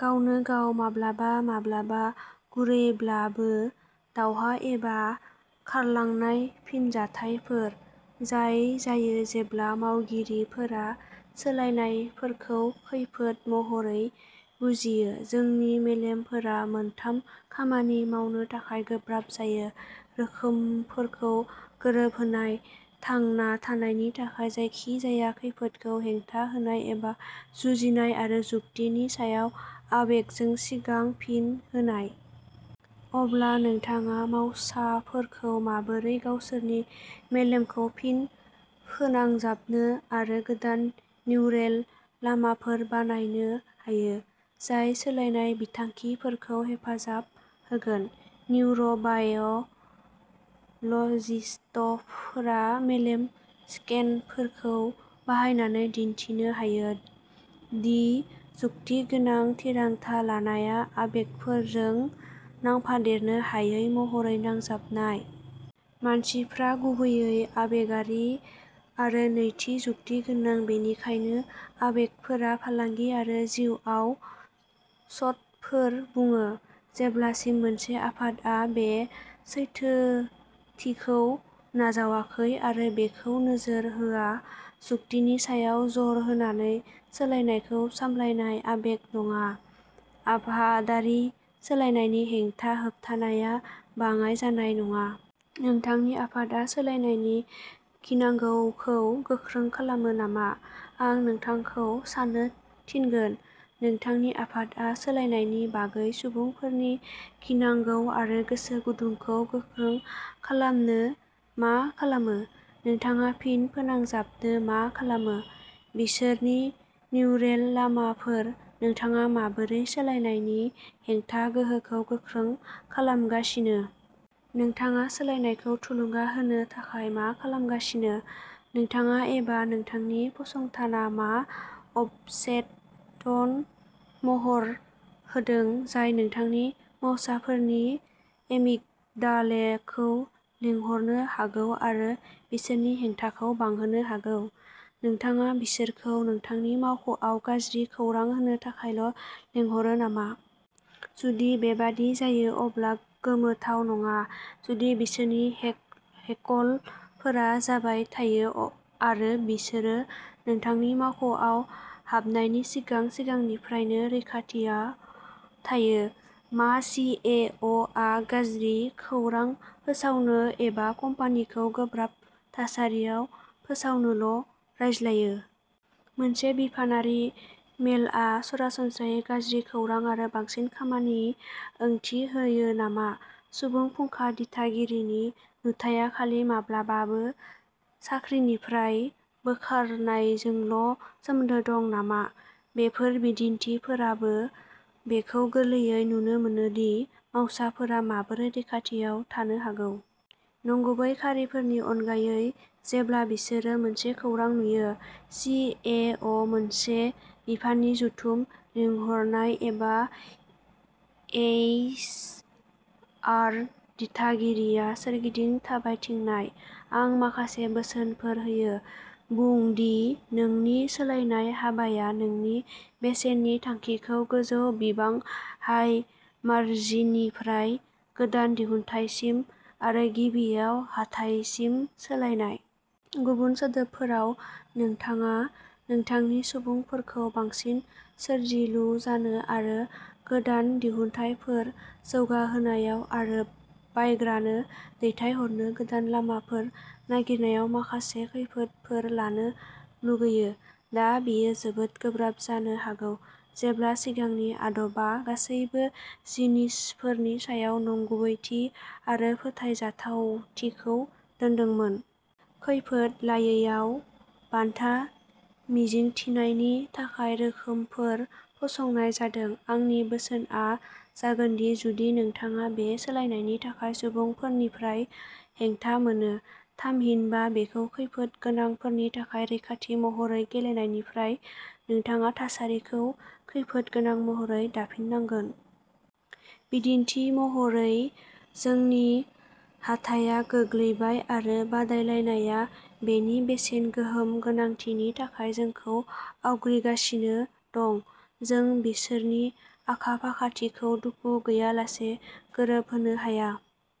गावनो गाव माब्लाबा माब्लाबा गुरैब्लाबो दावहा एबा खारलांनाय फिनजाथायफोर जाय जायो जेब्ला मावगिरिफोरा सोलायनायफोरखौ खैफोद महरै बुजियो। जोंनि मेलेमफोरा मोनथाम खामानि मावनो थाखाय गोब्राब जायो। रोखोमफोरखौ गोरोबहोनाय थांना थानायनि थाखाय जायखिजाया खैफोदखौ हेंथा होनाय एबा जुजिनाय आरो जुक्तिनि सायाव आबेगजों सिगां फिन होनाय। अब्ला नोंथाङा मावसाफोरखौ माबोरै गावसोरनि मेलेमखौ फिन फोनांजाबनो आरो गोदान निउरेल लामाफोर बानायनो हायो। जाय सोलायनाय बिथांखिफोरखौ हेफाजाब होगोन? निउर' बाय' लजिस्टफोरा मेलेम स्केनफोरखौ बाहायनानै दिन्थिनो हायो। दि जुक्तिगोनां थिरांथा लानायआ आबेगफोरजों नांफादेरनो हायै महरै नांजाबनाय। मानसिफ्रा गुबैयै आबेगारि आरो नैथि जुक्ति गोनां बेनिखायनो आबेगफोरा फालांगि आरो जिउआव शटफोर बुङो। जेब्लासिम मोनसे आफादआ बे सैथोथिखौ नाजावाखै आरो बेखौ नोजोर होआ जुक्तिनि सायाव जर होनानै सोलायनायखौ सामलायनाय आबेग नङा। आफादारि सोलायनायनि हेंथा होबथानाया बाङाइ जानाय नङा। नोंथांनि आफादआ सोलायनायनि गिनांगौखौ गोख्रों खालामो नामा? आं नोंथांखौ साननो थिनगोन। नोंथांनि आफादआ सोलायनायनि बागै सुबुंफोरनि गिनांगौ आरो गोसो गुदुंखौ गोख्रों खालामनो मा खालामो? नोंथाङा फिन फोनांजाबनो मा खालामो? बिसोरनि निउरेल लामाफोर नोंथाङा माबोरै सोलायनायनि हेंथा गोहोखौ गोख्रों खालामगासिनो? नोंथाङा सोलायनायखौ थुलुंगा होनो थाखाय मा खालामगासिनो? नोंथाङा एबा नोंथांनि फसंथाना मा अबचेतन महरफोर होदों जाय नोंथांनि मावसाफोरनि एमिगडालेखौ लिंहरनो हागौ आरो बिसोरनि हेंथाखौ बांहोनो हागौ? नोंथाङा बिसोरखौ नोंथांनि मावख'आव गाज्रि खौरां होनो थाखायल' लिंहरो नामा? जुदि बेबादि जायो अब्ला गोमोथाव नङा जुदि बिसोरनि हेकलफोरा जाबाय थायो आरो बिसोरो नोंथांनि मावख'आव हाबनायनि सिगां सिगांनिफ्रायनो रैखाथिया थायो। मा सि इ अ आ गाज्रि खौरां फोसावनो एबा कम्पानिखौ गोब्राब थासारियाव फोसावनोल' रायज्लायो? मोनसे बिफानारि मेलआ सरासनस्रायै गाज्रि खौरां आरो बांसिन खामानि ओंथि होयो नामा? सुबुं फुंखा दिथागिरिनि नुथाया खालि माब्लाबाबो साख्रिनिफ्राय बोखारनायजोंल' सोमोन्दो दं नामा? बेफोर बिदिन्थिफोरावबो बेखौ गोरलैयै नुनो मोनो दि मावसाफोरा माबोरै रैखाथियाव थानो हागौ। नंगुबै खारिफोरनि अनगायै जेब्ला बिसोरो मोनसे खौरां नुयो। सि ए अ मोनसे बिफाननि जथुम लिंहरनाय एबा एइच आर दिथागिरिया सोरगिदिं थाबायथिंनाय। आं माखासे बोसोनफोर होयो। बुं दि नोंनि सोलायनाय हाबाया नोंनि बेसेननि थांखिखौ गोजौ बिबां हाय मारजिननिफ्राय गोदान दिहुनथायसिम आरो गिबियाव हाथाइसिम सोलायनाय। गुबुन सोदोबफोराव नोंथाङा नोंथांनि सुबुंफोरखौ बांसिन सोरजिलु जानो आरो गोदान दिहुनथायफोर जौगाहोनायाव आरो बायग्रानो दैथायहरनो गोदान लामाफोर नागिरनायाव माखासे खैफोदफोर लानो लुगैयो। दा बेयो जोबोद गोब्राब जानो हागौ जेब्ला सिगांनि आदबा गासैबो जिनिसफोरनि सायाव नंगुबैथि आरो फोथायजाथावथिखौ दोन्दोंमोन। खैफोद लायैयाव बान्था मिजिंथिनायनि थाखाय रोखोमफोर फसंनाय जादों। आंनि बोसोनआ जागोनदि जुदि नोंथाङा बे सोलायनायनि थाखाय सुबुंफोरनिफ्राय हेंथा मोनो। थामहिनबा बेखौ खैफोद गोनांफोरनि थाखाय रैखाथि महरै गेलेनायनिफ्राय नोंथाङा थासारिखौ खैफोद गोनां महरै दाफिननांगोन। बिदिन्थि महरै जोंनि हाथाया गोग्लैबाय आरो बादायलायनाया बेनि बेसेन गोहोम गोनांथिनि थाखाय जोंखौ आवग्रिगासिनो दं। जों बिसोरनि आखा-फाखाथिखौ दुखु गैयालासे गोरोबहोनो हाया।